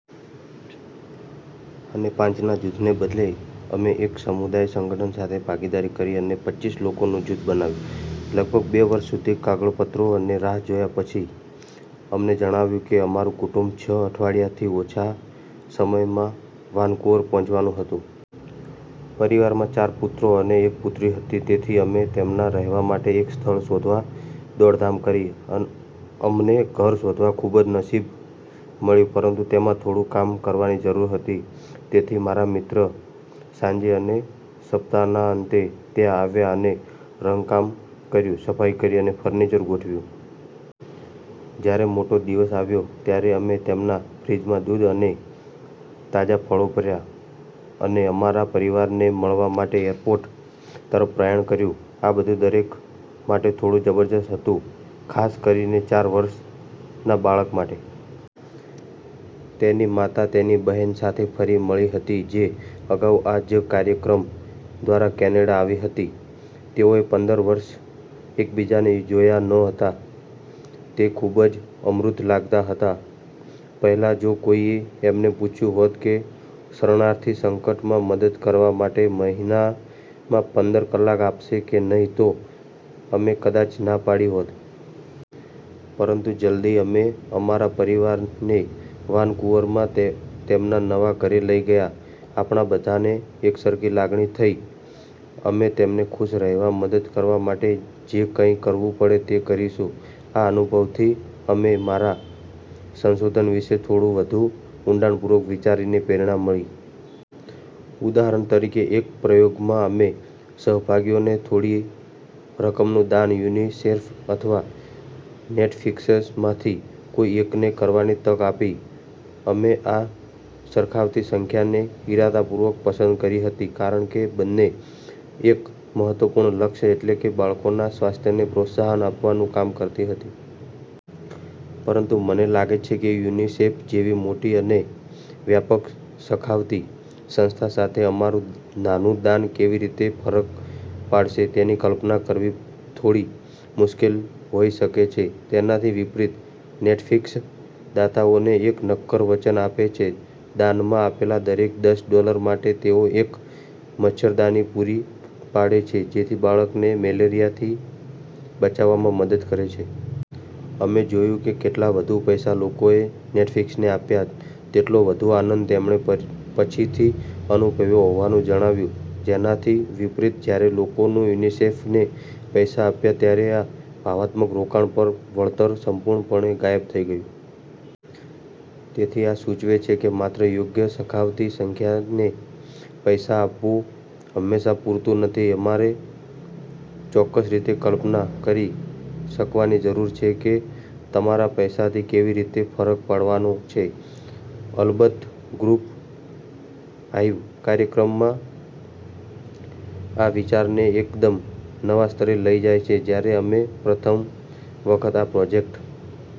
અને પાંચના જૂથને બદલે, અમે એક સમુદાય સંગઠન સાથે ભાગીદારી કરી અને પચીસ લોકોનું જૂથ બનાવ્યું. લગભગ બે વર્ષ સુધી કાગળપત્રો અને રાહ જોયા પછી, અમને જાણવા મળ્યું કે અમારું કુટુંબ છ અઠવાડિયાથી ઓછા સમયમાં વાનકુવર પહોંચવાનું હતું. પરિવારમાં ચાર પુત્રો અને એક પુત્રી હતી. તેથી અમે તેમના રહેવા માટે એક સ્થળ શોધવા દોડધામ કરી. અમને ઘર શોધવામાં ખૂબ નસીબ મળ્યું, પરંતુ તેમાં થોડું કામ કરવાની જરૂર હતી. તેથી મારા મિત્રો સાંજે અને સપ્તાહના અંતે ત્યાં આવ્યા અને રંગકામ કર્યું, સફાઈ કરી અને ફર્નિચર ગોઠવ્યું. જ્યારે મોટો દિવસ આવ્યો, ત્યારે અમે તેમના ફ્રિજમાં દૂધ અને તાજાં ફળો ભર્યાં અને અમારા પરિવારને મળવા માટે એરપોર્ટ તરફ પ્રયાણ કર્યું. આ બધું દરેક માટે થોડું જબરજસ્ત હતું, ખાસ કરીને ચાર વર્ષના બાળક માટે. તેની માતા તેની બહેન સાથે ફરી મળી હતી, જે અગાઉ આ જ કાર્યક્રમ દ્વારા કેનેડા આવી હતી. તેઓએ પંદર વર્ષથી એકબીજાને જોયા નહોતા. તે ખૂબ જ અમૂર્ત લાગતું હતું. પહેલાં, જો કોઈએ અમને પૂછ્યું હોત કે શરણાર્થી સંકટમાં મદદ કરવા માટે મહિનામાં પંદર કલાક આપશો કે નહીં, તો અમે કદાચ ના પાડી હોત. પરંતુ જલદી અમે અમારા પરિવારને વાનકુવરમાં તેમના નવા ઘરે લઈ ગયા, આપણા બધાને એકસરખી લાગણી થઈ: અમે તેમને ખુશ રહેવામાં મદદ કરવા માટે જે કંઈ કરવું પડે તે કરીશું. આ અનુભવથી મને મારા સંશોધન વિશે થોડું વધુ ઊંડાણપૂર્વક વિચારવાની પ્રેરણા મળી. ઉદાહરણ તરીકે, એક પ્રયોગમાં અમે સહભાગીઓને થોડી રકમનું દાન યુનિસેફ અથવા નેટફ્લિક્સમાંથી કોઈ એકને કરવાની તક આપી. અમે આ સખાવતી સંસ્થાઓને ઇરાદાપૂર્વક પસંદ કરી હતી, કારણ કે બંને એક જ મહત્વપૂર્ણ લક્ષ્ય, એટલે કે બાળકોના સ્વાસ્થ્યને પ્રોત્સાહન આપવાનું કામ કરતી હતી. પરંતુ મને લાગે છે કે યુનિસેફ જેવી મોટી અને વ્યાપક સખાવતી સંસ્થા સાથે, તમારું નાનું દાન કેવી રીતે ફરક પાડશે તેની કલ્પના કરવી થોડી મુશ્કેલ હોઈ શકે છે. તેનાથી વિપરીત, નેટફ્લિક્સ દાતાઓને એક નક્કર વચન આપે છે: દાનમાં આપેલા દરેક દસ ડોલર માટે તેઓ એક મચ્છરદાની પૂરી પાડે છે, જે બાળકને મેલેરિયાથી બચાવવામાં મદદ કરે છે. અમે જોયું કે જેટલા વધુ પૈસા લોકોએ નેટફ્લિક્સને આપ્યા, તેટલો વધુ આનંદ તેમણે પછીથી અનુભવ્યો હોવાનું જણાવ્યું. તેનાથી વિપરીત, જ્યારે લોકોએ યુનિસેફને પૈસા આપ્યા ત્યારે આ ભાવનાત્મક રોકાણ પરનું વળતર સંપૂર્ણપણે ગાયબ થઈ ગયું. તેથી આ સૂચવે છે કે માત્ર યોગ્ય સખાવતી સંસ્થાને પૈસા આપવું હંમેશાં પૂરતું નથી. તમારે ચોક્કસ રીતે કલ્પના કરી શકવાની જરૂર છે કે તમારા પૈસાથી કેવી રીતે ફરક પડવાનો છે. અલબત્ત, ગ્રુપ ફાઇવ કાર્યક્રમ આ વિચારને એકદમ નવા સ્તરે લઈ જાય છે. જ્યારે અમે પ્રથમ વખત આ પ્રોજેક્ટ...